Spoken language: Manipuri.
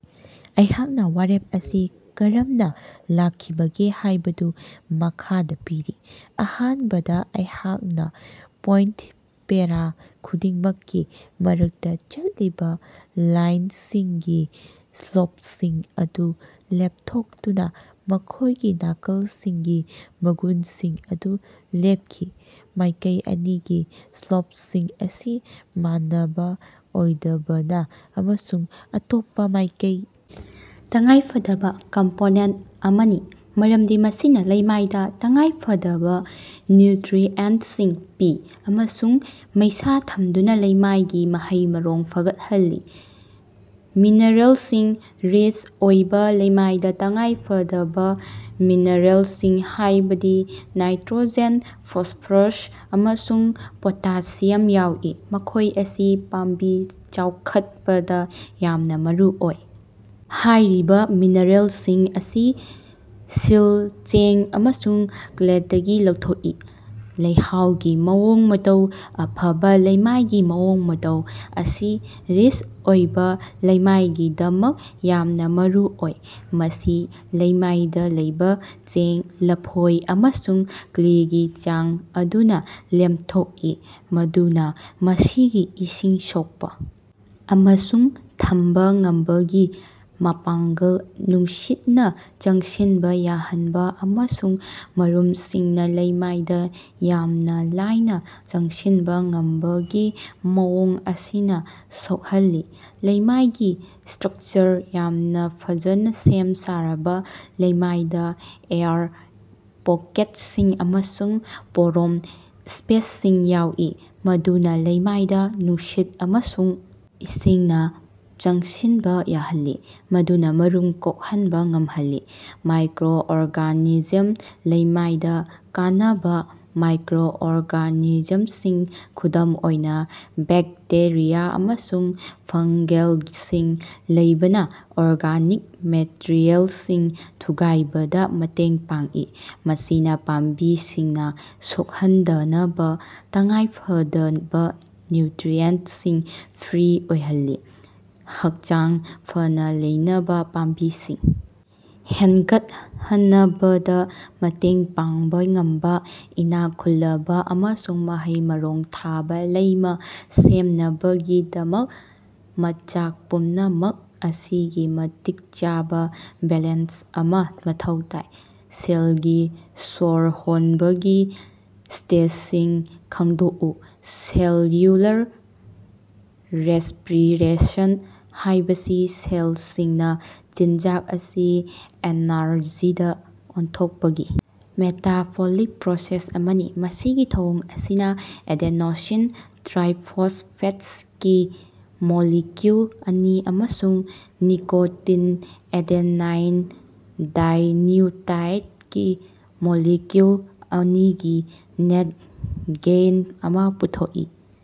ꯑꯩꯍꯥꯛꯅ ꯋꯥꯔꯦꯞ ꯑꯁꯤ ꯀꯔꯝꯅꯥ ꯂꯥꯛꯈꯤꯕꯒꯦ ꯍꯥꯏꯕꯗꯨ ꯃꯈꯥꯗꯥ ꯄꯤꯔꯤ: ꯑꯍꯥꯟꯕꯗ, ꯑꯩꯍꯥꯛꯅ ꯄꯣꯏꯟꯇ ꯄꯦꯔꯥ ꯈꯨꯗꯤꯡꯃꯛꯀꯤ ꯃꯔꯛꯇ ꯆꯠꯂꯤꯕ ꯂꯥꯏꯟꯁꯤꯡꯒꯤ ꯁ꯭ꯂꯣꯞꯁꯤꯡ ꯑꯗꯨ ꯂꯦꯞꯊꯣꯛꯇꯨꯅ ꯃꯈꯣꯏꯒꯤ ꯅꯥꯀꯜꯁꯤꯡꯒꯤ ꯃꯒꯨꯟꯁꯤꯡ ꯑꯗꯨ ꯂꯦꯞꯈꯤ꯫ ꯃꯥꯏꯀꯩ ꯑꯅꯤꯒꯤ ꯁ꯭ꯂꯣꯞꯁꯤꯡ ꯑꯁꯤ ꯃꯥꯟꯅꯕ ꯑꯣꯏꯗꯕꯅ ꯑꯃꯁꯨꯡ ꯑꯇꯣꯞꯄꯥ ꯃꯥꯏꯀꯩ ꯇꯉꯥꯏꯐꯗꯕ ꯀꯝꯄꯣꯅꯦꯟꯇ ꯑꯃꯅꯤ, ꯃꯔꯝꯗꯤ ꯃꯁꯤꯅ ꯂꯩꯃꯥꯏꯗ ꯇꯉꯥꯏꯐꯗꯕ ꯅ꯭ꯌꯨꯇꯔꯤꯑꯦꯟꯇꯁꯤꯡ ꯄꯤ ꯑꯃꯁꯨꯡ ꯃꯩꯁꯥ ꯊꯝꯗꯨꯅ ꯂꯩꯃꯥꯏꯒꯤ ꯃꯍꯩ-ꯃꯔꯣꯡ ꯐꯒꯠꯍꯜꯂꯤ꯫ ꯃꯤꯅꯔꯦꯜꯁꯤꯡ: ꯔꯤꯆ ꯑꯣꯏꯕ ꯂꯩꯃꯥꯏꯗ ꯇꯉꯥꯏꯐꯗꯕ ꯃꯤꯅꯔꯦꯜꯁꯤꯡ, ꯍꯥꯏꯕꯗꯤ ꯅꯥꯏꯇꯔꯣꯖꯦꯟ, ꯐꯣꯁꯐꯔꯁ, ꯑꯃꯁꯨꯡ ꯄꯣꯇꯥꯁꯤꯌꯝ ꯌꯥꯎꯏ, ꯃꯈꯣꯏ ꯑꯁꯤ ꯄꯥꯝꯕꯤ ꯆꯥꯎꯈꯠꯄꯗ ꯌꯥꯝꯅ ꯃꯔꯨꯑꯣꯏ꯫ ꯍꯥꯏꯔꯤꯕ ꯃꯤꯅꯔꯦꯜꯁꯤꯡ ꯑꯁꯤ ꯁꯤꯜ, ꯆꯦꯡ ꯑꯃꯁꯨꯡ ꯀ꯭ꯂꯦꯗꯒꯤ ꯂꯧꯊꯣꯛꯏ꯫ ꯂꯩꯍꯥꯎꯒꯤ ꯃꯑꯣꯡ-ꯃꯇꯧ: ꯑꯐꯕ ꯂꯩꯃꯥꯏꯒꯤ ꯃꯑꯣꯡ-ꯃꯇꯧ ꯑꯁꯤ ꯔꯤꯆ ꯑꯣꯏꯕ ꯂꯩꯃꯥꯏꯒꯤꯗꯃꯛ ꯌꯥꯝꯅ ꯃꯔꯨꯑꯣꯏ꯫ ꯃꯁꯤ ꯂꯩꯃꯥꯏꯗ ꯂꯩꯕ ꯆꯦꯡ, ꯂꯐꯣꯏ ꯑꯃꯁꯨꯡ ꯀ꯭ꯂꯦꯒꯤ ꯆꯥꯡ ꯑꯗꯨꯅ ꯂꯦꯞꯊꯣꯛꯏ, ꯃꯗꯨꯅ ꯃꯁꯤꯒꯤ ꯏꯁꯤꯡ ꯁꯣꯛꯄ ꯑꯃꯁꯨꯡ ꯊꯝꯕ ꯉꯝꯕꯒꯤ ꯃꯄꯥꯡꯒꯜ, ꯅꯨꯡꯁꯤꯠꯅ ꯆꯪꯁꯤꯟꯕ ꯌꯥꯍꯟꯕ, ꯑꯃꯁꯨꯡ ꯃꯔꯨꯝꯁꯤꯡꯅ ꯂꯩꯃꯥꯏꯗ ꯌꯥꯝꯅ ꯂꯥꯏꯅ ꯆꯪꯁꯤꯟꯕ ꯉꯝꯕꯒꯤ ꯃꯑꯣꯡ ꯑꯁꯤꯅ ꯁꯣꯛꯍꯜꯂꯤ꯫ ꯂꯩꯃꯥꯏꯒꯤ ꯁ꯭ꯇꯔꯛꯆꯔ: ꯌꯥꯝꯅ ꯐꯖꯅ ꯁꯦꯝ-ꯁꯥꯔꯕ ꯂꯩꯃꯥꯏꯗꯥ ꯑꯦꯌꯔ ꯄꯣꯀꯦꯠꯁꯤꯡ ꯑꯃꯁꯨꯡ ꯄꯣꯔꯣꯝ ꯁ꯭ꯄꯦꯁꯁꯤꯡ ꯌꯥꯎꯏ ꯃꯗꯨꯅ ꯂꯩꯃꯥꯏꯗ ꯅꯨꯡꯁꯤꯠ ꯑꯃꯁꯨꯡ ꯏꯁꯤꯡꯅ ꯆꯪꯁꯤꯟꯕ ꯌꯥꯍꯜꯂꯤ, ꯃꯗꯨꯅ ꯃꯔꯨꯝ ꯀꯣꯛꯍꯟꯕ ꯉꯝꯍꯜꯂꯤ꯫ ꯃꯥꯏꯀꯔꯣꯑꯣꯔꯒꯥꯅꯤꯖꯝ: ꯂꯩꯃꯥꯏꯗ ꯀꯥꯟꯅꯕ ꯃꯥꯏꯀꯔꯣꯑꯣꯔꯒꯥꯅꯤꯖꯝꯁꯤꯡ, ꯈꯨꯗꯝ ꯑꯣꯏꯅ ꯕꯦꯛꯇꯦꯔꯤꯌꯥ ꯑꯃꯁꯨꯡ ꯐꯪꯒꯦꯜꯁꯤꯡ ꯂꯩꯕꯅ ꯑꯣꯔꯒꯥꯅꯤꯛ ꯃꯦꯇꯔꯤꯑꯦꯜꯁꯤꯡ ꯊꯨꯒꯥꯏꯕꯗ ꯃꯇꯦꯡ ꯄꯥꯡꯏ, ꯃꯁꯤꯅ ꯄꯥꯝꯕꯤꯁꯤꯡꯅ ꯁꯣꯛꯍꯟꯗꯅꯕ ꯇꯉꯥꯏꯐꯗꯕ ꯅ꯭ꯌꯨꯇꯔꯤꯑꯦꯟꯠꯁꯤꯡ ꯐ꯭ꯔꯤ ꯑꯣꯏꯍꯜꯂꯤ꯫ ꯍꯛꯆꯥꯡ ꯐꯅꯥ ꯂꯩꯅꯕ ꯄꯥꯝꯕꯤꯁꯤꯡ ꯍꯦꯟꯒꯠꯍꯟꯕꯗ ꯃꯇꯦꯡ ꯄꯥꯡꯕ ꯉꯝꯕ ꯏꯅꯥꯛ ꯈꯨꯜꯂꯕ ꯑꯃꯁꯨꯡ ꯃꯍꯩ-ꯃꯔꯣꯡ ꯊꯥꯕ ꯂꯩꯃꯥꯥ ꯁꯦꯝꯅꯕꯒꯤꯗꯃꯛ ꯃꯆꯥꯛ ꯄꯨꯝꯅꯃꯛ ꯑꯁꯤꯒꯤ ꯃꯇꯤꯛ ꯆꯥꯕ ꯕꯦꯂꯦꯟꯁ ꯑꯃꯥ ꯃꯊꯧ ꯇꯥꯏ꯫ ꯁꯦꯜꯒꯤ ꯁ꯭ꯋꯔ ꯍꯣꯟꯕꯒꯤ ꯁ꯭ꯇꯦꯖꯁꯤꯡ ꯈꯪꯗꯣꯛꯎ꯫ ꯁꯦꯜꯌꯨꯂꯔ ꯔꯦꯁ꯭ꯄꯤꯔꯦꯁꯟ ꯍꯥꯏꯕꯁꯤ ꯁꯦꯜꯁꯤꯡꯅ ꯆꯤꯟꯖꯥꯛ ꯑꯁꯤ ꯑꯦꯅꯔꯖꯤꯗꯥ ꯑꯣꯟꯊꯣꯛꯄꯒꯤ ꯃꯦꯇꯥꯕꯣꯂꯤꯛ ꯄ꯭ꯔꯣꯁꯦꯁ ꯑꯃꯅꯤ꯫ ꯃꯁꯤꯒꯤ ꯊꯧꯑꯣꯡ ꯑꯁꯤꯅꯥ ꯑꯦꯗ‌ꯦꯅ‌ꯣꯁꯤꯟ ꯇꯔꯥꯏꯐ‌ꯣꯁꯐ‌ꯦꯠꯒꯤ ꯃꯣꯂꯤꯀꯌꯨꯜ ꯑꯅꯤ ꯑꯃꯁꯨꯡ ꯅꯤꯀ‌ꯣꯇꯤꯟ ꯑꯦꯗ‌ꯦꯅꯥꯏꯟ ꯗꯥꯏꯅꯌꯨꯇꯥꯏꯠꯒꯤ ꯃꯣꯂꯤꯀꯌꯨꯜ ꯑꯅꯤꯒꯤ ꯅꯦꯠ ꯒꯦꯏꯟ ꯑꯃꯥ ꯄꯨꯊꯣꯛꯏ꯫